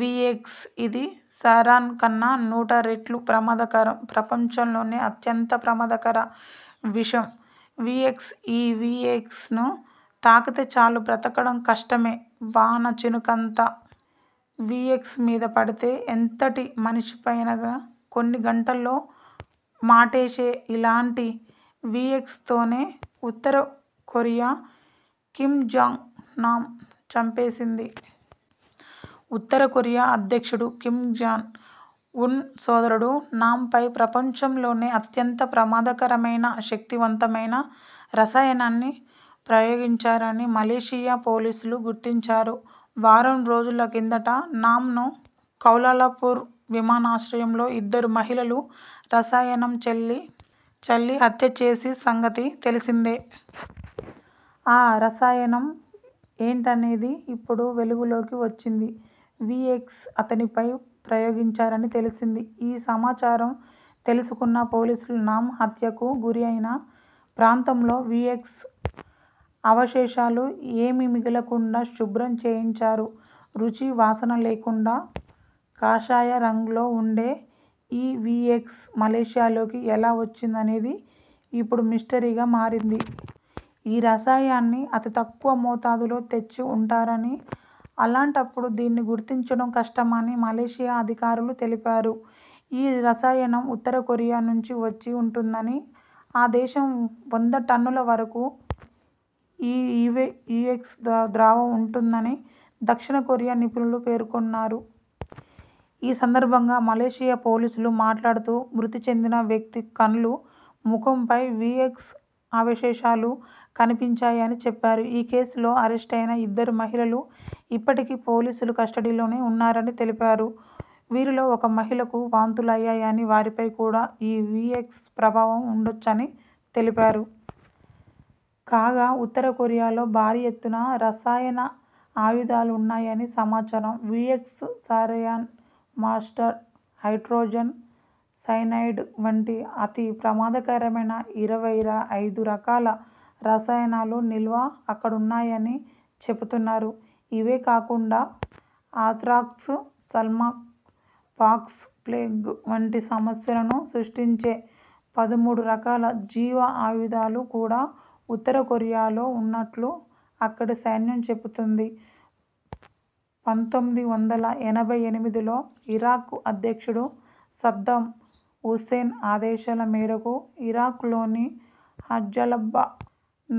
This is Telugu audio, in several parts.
వీఎక్స్. ఇది సారిన్ కన్నా నూట రెట్లు ప్రమాదకరం ప్రపంచంలోనే అత్యంత ప్రమాదకర విషం వీఎక్స్. ఈ వీఎక్స్ ను తాకితే చాలు బతకడం కష్టమే. వాన చినుకంత వీఎక్స్ మీద పడితే ఎంతటి మనిషైనా కొన్ని గంటల్లో మటాషే. ఇలాంటి వీఎక్స్ తోనే ఉత్తర కొరియా కిమ్ జాంగ్ నామ్ చంపేసింది. ఉత్తర కొరియా అధ్యక్షుడు కిమ్ జాంగ్ ఉన్ సోదరుడు నామ్ పై ప్రపంచంలోనే అత్యంత ప్రమాదకరమైన, శక్తివంతమైన రసాయనాన్ని ప్రయోగించారని మలేసియా పోలీసులు గుర్తించారు. వారం రోజుల కిందట నామ్ ను కౌలాలంపూర్ విమానాశ్రయంలో ఇద్దరు మహిళలు రసాయనం చల్లి హత్య చేసి సంగతి తెలిసిందే. ఆ రసాయనం ఏంటనేది ఇప్పుడు వెలుగులోకి వచ్చింది. వీఎక్స్ అతనిపై ప్రయోగించారని తేలింది. ఈ సమాచారం తెలుసుకున్న పోలీసులు నామ్ హత్యకు గురైన ప్రాంతంలో వీఎక్స్ అవశేషాలు ఏవీ మిగలకుండా శుభ్రం చేయించారు. రుచి, వాసన లేకుండా కాషాయ రంగులో ఉండే.. ఈ వీఎక్స్ మలేసియాలోకి ఎలా వచ్చిందనేది ఇప్పుడు మిస్టరీగా మారింది. ఈ రసాయనాన్ని అతి తక్కువ మోతాదులో తెచ్చి ఉంటారని.. అలాంటపుడు దీన్ని గుర్తించడం కష్టమని మలేసియా అధికారులు తెలిపారు. ఈ రసాయనం ఉత్తర కొరియా నుంచే వచ్చి ఉంటుందని, ఆ దేశం వద్ద టన్నుల వరకు ఈ వీఎక్స్ ద్రావణం ఉందని దక్షిణ కొరియా నిపుణులు పేర్కొన్నారు. ఈ సందర్భంగా మలేసియా పోలీసులు మాట్లాడుతూ.. మృతి చెందిన వ్యక్తి కళ్లు, ముఖంపై వీఎక్స్ అవశేషాలు కనిపించాయని చెప్పారు. ఈ కేసులో అరెస్టయిన ఇద్దరు మహిళలూ ఇప్పటికీ పోలీసుల కస్టడీలోనే ఉన్నారని తెలిపారు. వీరిలో ఒక మహిళకు వాంతులయ్యాయని, వారిపై కూడా ఈ వీఎక్స్ ప్రభావం ఉండొచ్చని తెలిపారు. కాగా.. ఉత్తర కొరియాలో భారీ ఎత్తున రసాయన ఆయుధాలున్నాయని సమాచారం. VX, sarin, mustard, hydrogen cyanide వంటి అతి ప్రమాదకరమైన ఇరవై ఐదు రకాల రసాయనాల నిల్వలు అక్కడున్నాయని చెబుతున్నారు ఇవే కాకుండా ఆంత్రాక్స్, స్మాల్ పాక్స్, ప్లేగ్ వంటి సమస్యలను సృష్టించే పదమూడు రకాల జీవ ఆయుధాలు కూడా ఉత్తర కొరియాలో ఉన్నట్లు అక్కడి సైన్యం చెబుతోంది పంతొమ్మిది వందల ఎనభై ఎనిమిదిలో ఇరాక్ అధ్యక్షుడు సద్దాం హుసేన్ ఆదేశాల మేరకు ఇరాక్లోని హలబ్జా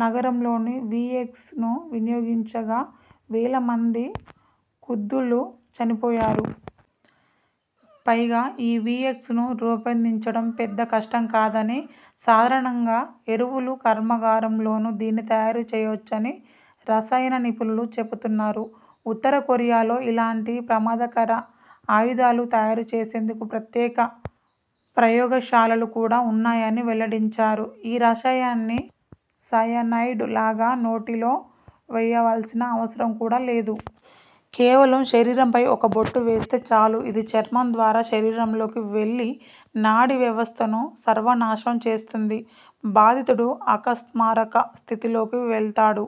నగరంలో వీఎక్స్ ను వినియోగించగా, వేల మంది కుర్దులు చనిపోయారు. పైగా ఈ వీఎక్స్ ను రూపొందించడం పెద్ద కష్టం కాదని.. సాధారణ ఎరువుల కర్మాగారంలోనూ దీన్ని తయారు చేయొచ్చని రసాయన నిపుణులు చెబుతున్నారు. ఉత్తర కొరియాలో ఇలాంటి ప్రమాదకర ఆయుధాలు తయారు చేసేందుకు ప్రత్యేక ప్రయోగ శాలలు కూడా ఉన్నాయని వెల్లడించారు. ఈ రసాయనాన్ని సయనైడ్ లాగా నోటిలో వేయాల్సిన అవసరం కూడా లేదు. కేవలం శరీరంపై ఒక బొట్టు వేస్తే చాలు, ఇది చర్మం ద్వారా శరీరంలోకి వెళ్లి నాడీ వ్యవస్థను సర్వనాశనం చేస్తుంది. బాధితుడు అపస్మారక స్థితిలోకి వెళ్తాడు.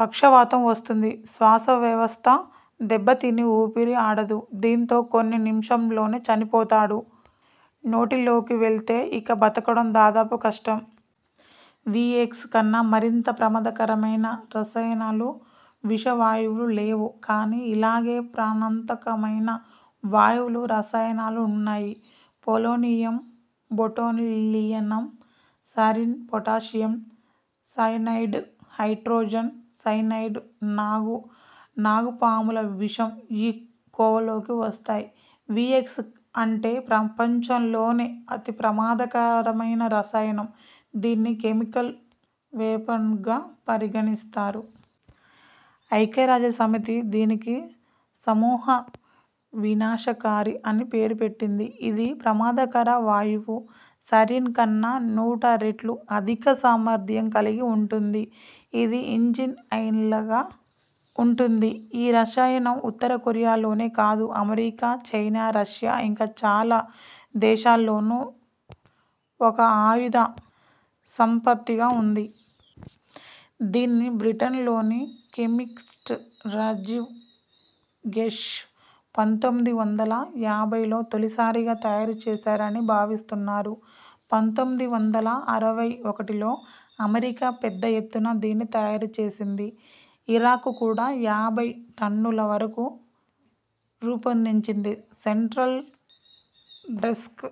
పక్షవాతం వస్తుంది. శ్వాస వ్యవస్థ దెబ్బతిని.. ఊపిరి ఆడదు. దీంతో కొన్ని నిమిషాల్లోనే చనిపోతాడు. నోటిలోకి వెళ్తే, ఇక బతకడం దాదాపు కష్టం. వీఎక్స్ కన్నా మరింత ప్రమాదకరమైన రసాయనాలు, విషవాయువులు లేవు. కానీ ఇలాగే ప్రాణాంతకమైన వాయువులు, రసాయనాలున్నాయి. Polonium, botulinum, sarin, potassium cyanide, hydrogen cyanide, నాగుపాముల విషం ఈ కోవలోకి వస్తాయి. వీఎక్స్ అంటే..! ప్రపంచంలోనే అతి ప్రమాదకరమైన రసాయనం. దీన్ని కెమికల్ వెపన్గా పరిగణిస్తారు. ఐక్యరాజ్య సమితి దీనికి సమూహ వినాశకారి అని పేరుపెట్టింది. ఇది ప్రమాదకర వాయువు సారిన్ కన్నా నూట రెట్లు అధిక సామర్థ్యం కలిగి ఉంటుంది. ఇది ఇంజిన్ ఆయిల్లాగా ఉంటుంది. ఈ రసాయనం ఉత్తర కొరియా లోనే కాదు.. అమెరికా, చైనా, రష్యా ఇంకా చాలా దేశాల్లోనూ ఒక ఆయుధ సంపత్తిగా ఉంది. దీన్ని బ్రిటన్లోని కెమిస్ట్ రనాజీ ఘోష్ పంతొమ్మిది వందల యాభైలో తొలిసారిగా తయారు చేశారని భావిస్తున్నారు. పంతొమ్మిది వందల అరవై ఒకటిలో అమెరికా పెద్ద ఎత్తున దీన్ని తయారు చేసింది. ఇరాక్ కూడా యాభై టన్నుల వరకు రూపొందించింది. Central desk